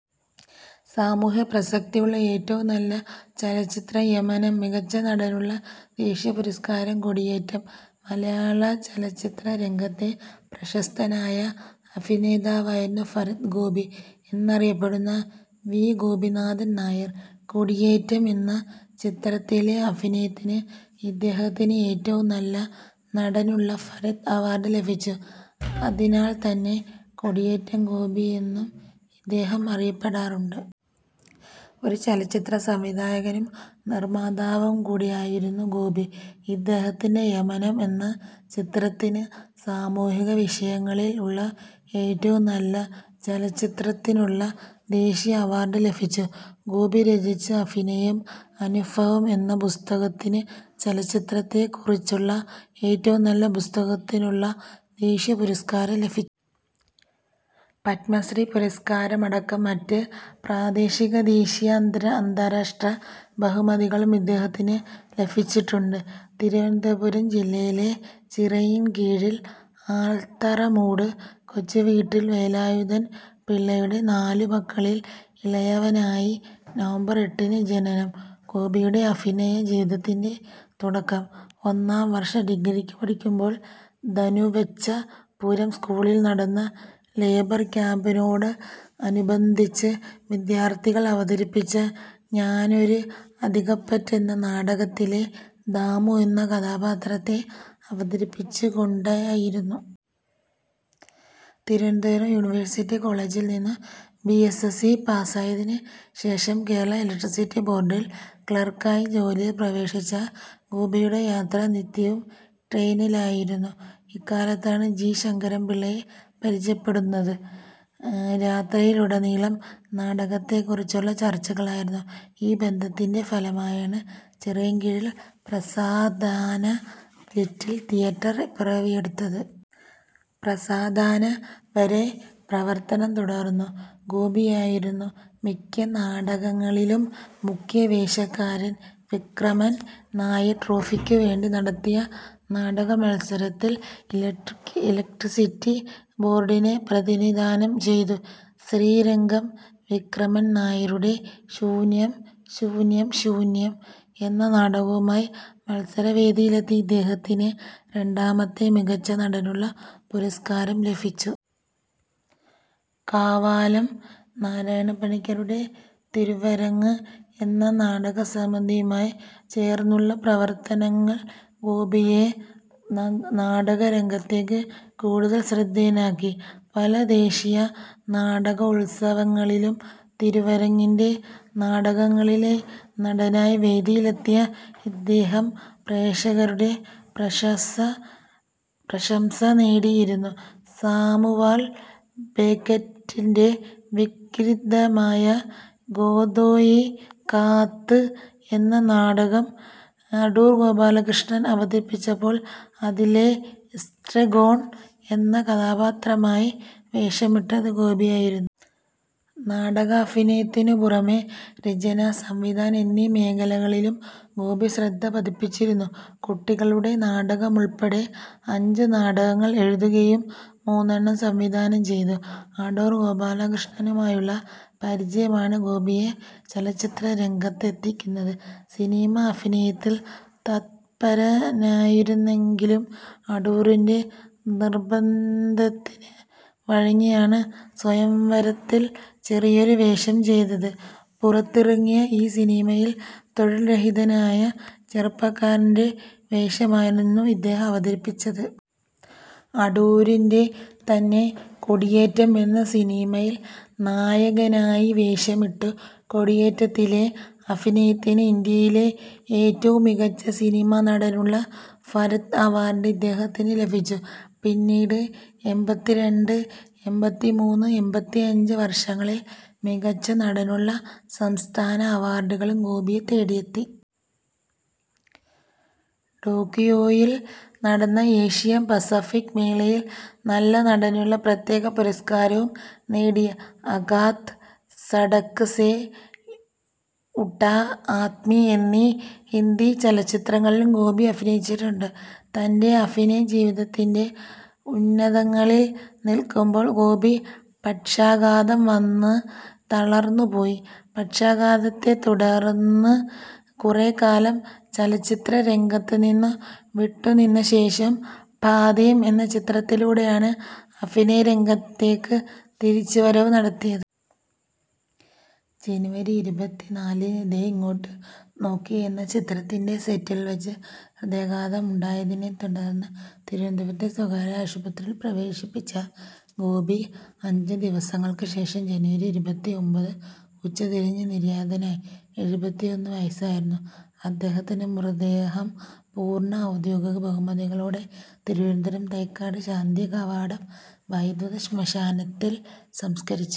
സാമൂഹിക പ്രസക്തിയുള്ള ഏറ്റവും നല്ല ചലച്ചിത്രം യമനം: മികച്ച നടനുള്ള ദേശീയപുരസ്കാരം കൊടിയേറ്റം മലയാളചലച്ചിത്രരംഗത്തെ പ്രശസ്തനായ അഭിനേതാവായിരുന്നു ഭരത് ഗോപി എന്നറിയപ്പെടുന്ന വി. ഗോപിനാഥൻ നായർ. കൊടിയേറ്റം എന്ന ചിത്രത്തിലെ അഭിനയത്തിന് ഇദ്ദേഹത്തിന് ഏറ്റവും നല്ല നടനുള്ള ഭരത് അവാർഡ് ലഭിച്ചു. അതിനാൽത്തന്നെ കൊടിയേറ്റം ഗോപി എന്നും ഇദ്ദേഹം അറിയപ്പെടാറുണ്ട്. ഒരു ചലച്ചിത്രസംവിധായകനും നിർമ്മാതാവും കൂടി ആയിരുന്നു ഗോപി. ഇദ്ദേഹത്തിന്‍റെ യമനം എന്ന ചിത്രത്തിന് സാമൂഹിക വിഷയങ്ങളിൽ ഉള്ള ഏറ്റവും നല്ല ചലച്ചിത്രത്തിനുള്ള ദേശീയ അവാർഡ് ലഭിച്ചു. ഗോപി രചിച്ച ' അഭിനയം അനുഭവം ' എന്ന പുസ്തകത്തിന് ചലച്ചിത്രത്തെക്കുറിച്ചുള്ള ഏറ്റവും നല്ല പുസ്തകത്തിനുള്ള ദേശീയപുരസ്കാരം ലഭി പത്മശ്രീ പുരസ്കാരമടക്കം മറ്റ് പ്രാദേശിക, ദേശീയ, അന്തര അന്താരാഷ്ട്ര ബഹുമതികളും ഇദ്ദേഹത്തിന് ലഭിച്ചിട്ടുണ്ട്. തിരുവനന്തപുരം ജില്ലയിലെ ചിറയിൻകീഴിൽ ആൽത്തറമൂട് കൊച്ചുവീട്ടിൽ വേലായുധൻ പിള്ളയുടെ നാലു മക്കളിൽ ഇളയവനായി നവംബർ എട്ടിന് ജനനം. ഗോപിയുടെ അഭിനയ ജീവിതത്തിന്‍റെ തുടക്കം ഒന്നാം വർഷ ഡിഗ്രിക്ക് പഠിക്കുമ്പോൾ ധനുവച്ചപുരം സ്കൂളിൽ നടന്ന ലേബർ ക്യാമ്പിനോട് അനുബന്ധിച്ച് വിദ്യാർത്ഥികൾ അവതരിപ്പിച്ച ഞാനൊരു അധികപ്പറ്റ് എന്ന നാടകത്തിലെ ' ദാമു ' എന്ന കഥാപാത്രത്തെ അവതരിപ്പിച്ചുകൊണ്ടായിരുന്നു. തിരുവനന്തപുരം യൂണിവേഴ്സിറ്റി കോളേജിൽ നിന്ന് ബി. എസ്. എസ്.സി പാസായതിന് ശേഷം കേരള ഇലക്ട്രിസിറ്റി ബോർഡിൽ ക്ലാർക്കായി ജോലിയിൽ പ്രവേശിച്ച ഗോപിയുടെ യാത്ര നിത്യവും ട്രെയിനിലായിരുന്നു. ഇക്കാലത്താണ് ജി. ശങ്കരമ്പിള്ളയെ പരിചയപ്പെടുന്നത്. യാത്രയിലുടനീളം നാടകത്തെക്കുറിച്ചുള്ള ചർച്ചകളായിരുന്നു. ഈ ബന്ധത്തിന്‍റെ ഫലമായാണ് ചിറയിൻകീഴിൽ ' പ്രസാധാന ലിറ്റിൽ തിയേറ്റർ ' പിറവിയെടുത്തത്. ' പ്രസാധാന ' വരെ പ്രവർത്തനം തുടർന്നു. ഗോപിയായിരുന്നു മിക്ക നാടകങ്ങളിലും മുഖ്യവേഷക്കാരൻ. വിക്രമൻ നായർ ട്രോഫിക്കുവേണ്ടി നടത്തിയ നാടകമത്സരത്തിൽ ഇലക്ട്രിക്ക് ഇലക്ട്രിസിറ്റി ബോർഡിനെ പ്രതിനിധാനം ചെയ്തു ശ്രീരംഗം വിക്രമൻനായരുടെ ശൂന്യം ശൂന്യം ശൂന്യം എന്ന നാടകവുമായി മത്സരവേദിയിലെത്തിയ ഇദ്ദേഹത്തിന് രണ്ടാമത്തെ മികച്ച നടനുള്ള പുരസ്കാരം ലഭിച്ചു. കാവാലം നാരായണപ്പണിക്കരുടെ ' തിരുവരങ്ങ് ' എന്ന നാടകസമിതിയുമായി ചേർന്നുളള പ്രവർത്തനങ്ങൾ ഗോപിയെ ന നാടകരംഗത്തേക്ക് കൂടുതൽ ശ്രദ്ധേയനാക്കി. പല ദേശീയ നാടകോത്സവങ്ങളിലും തിരുവരങ്ങിന്റെ നാടകങ്ങളിലെ നടനായി വേദിയിലെത്തിയ ഇദ്ദേഹം പ്രേക്ഷകരുടെ പ്രശസ പ്രശംസ നേടിയിരുന്നു. സാമുവൽ ബേക്കറ്റിന്‍റെ വിഖിതമായ ഗോദോയെ കാത്ത് എന്ന നാടകം അടൂർ ഗോപാലകൃഷ്ണൻ അവതരിപ്പിച്ചപ്പോൾ അതിലെ ' എസ്ട്രഗോൺ ' എന്ന കഥാപാത്രമായി വേഷമിട്ടത് ഗോപിയായിരുന്നു. നാടകാഭിനയത്തിനു പുറമേ രചന, സംവിധാനം എന്നീ മേഖലകളിലും ഗോപി ശ്രദ്ധ പതിപ്പിച്ചിരുന്നു. കുട്ടികളുടെ നാടകമുൾപ്പെടെ അഞ്ചുനാടകങ്ങൾ എഴുതുകയും മൂന്നെണ്ണം സംവിധാനം ചെയ്തു. അടൂർ ഗോപാലകൃഷ്ണനുമായുള്ള പരിചയമാണ് ഗോപിയെ ചലച്ചിത്രരംഗത്ത് എത്തിക്കുന്നത്. സിനിമാ അഭിനയത്തിൽ തത്പരനായിരുന്നെങ്കിലും അടൂരിന്‍റെ നിർബന്ധത്തിന് വഴങ്ങിയാണ് സ്വയംവരത്തിൽ ചെറിയൊരു വേഷം ചെയ്തത്. പുറത്തിറങ്ങിയ ഈ സിനിമയിൽ തൊഴിൽരഹിതനായ ചെറുപ്പക്കാരന്‍റെ വേഷമായിരുന്നു ഇദ്ദേഹം അവതരിപ്പിച്ചത്. അടൂരിന്‍റെ തന്നെ കൊടിയേറ്റം എന്ന സിനിമയിൽ നായകനായി വേഷമിട്ടു. കൊടിയേറ്റത്തിലെ അഭിനയത്തിന് ഇന്ത്യയിലെ ഏറ്റവും മികച്ച സിനിമാ നടനുള്ള ' ഭരത് ' അവാർഡ് ഇദ്ദേഹത്തിന് ലഭിച്ചു. പിന്നീട്, എമ്പത്തിരണ്ട്, എമ്പത്തിമൂന്ന്, എമ്പത്തിഅഞ്ച് വർഷങ്ങളിൽ മികച്ച നടനുള്ള സംസ്ഥാന അവാർഡുകളും ഗോപിയെ തേടിയെത്തി. ടോക്കിയോയിൽ നടന്ന ഏഷ്യാ പസഫിക് മേളയിൽ നല്ല നടനുള്ള പ്രത്യേക പുരസ്കാരവും നേടി. അഖാത്, സടക്ക് സേ ഉഠാ ആദ്മി എന്നീ ഹിന്ദി ചലച്ചിത്രങ്ങളിലും ഗോപി അഭിനയിച്ചിട്ടുണ്ട്. തന്‍റെ അഭിനയജീവിതത്തിന്‍റെ ഉന്നതങ്ങളെ നിൽക്കുമ്പോൾ ഗോപി പക്ഷാഘാതം വന്ന് തളർന്നു പോയി. പക്ഷാഘാതത്തെത്തുടർന്ന് കുറെക്കാലം ചലച്ചിത്രരംഗത്തുനിന്നും വിട്ടുനിന്നശേഷം പാഥേയം എന്ന ചിത്രത്തിലൂടെയാണ് അഭിനയ രംഗത്തേക്ക് തിരിച്ചുവരവ് നടത്തിയത്. ജനുവരി ഇരുപത്തിനാലിന് ദേ ഇങ്ങോട്ട് നോക്കിയേ എന്ന ചിത്രത്തിന്‍റെ സെറ്റിൽ വച്ച് ഹൃദയാഘാതം ഉണ്ടായതിനെത്തുടർന്ന് തിരുവനന്തപുരത്തെ സ്വകാര്യ ആശുപത്രിയിൽ പ്രവേശിപ്പിച്ച ഗോപി അഞ്ചുദിവസങ്ങൾക്കുശേഷം ജനുവരി ഇരുപത്തിഒമ്പത് ഉച്ച തിരിഞ്ഞ് നിര്യാതനായി. എഴുപത്തിഒന്നു വയസ്സായിരുന്നു അദ്ദേഹത്തിന്. മൃതദേഹം പൂർണ ഔദ്യോഗിക ബഹുമതികളോടെ തിരുവനന്തപുരം തൈക്കാട് ശാന്തികവാടം വൈദ്യുതശ്മശാനത്തിൽ സംസ്കരിച്ചു.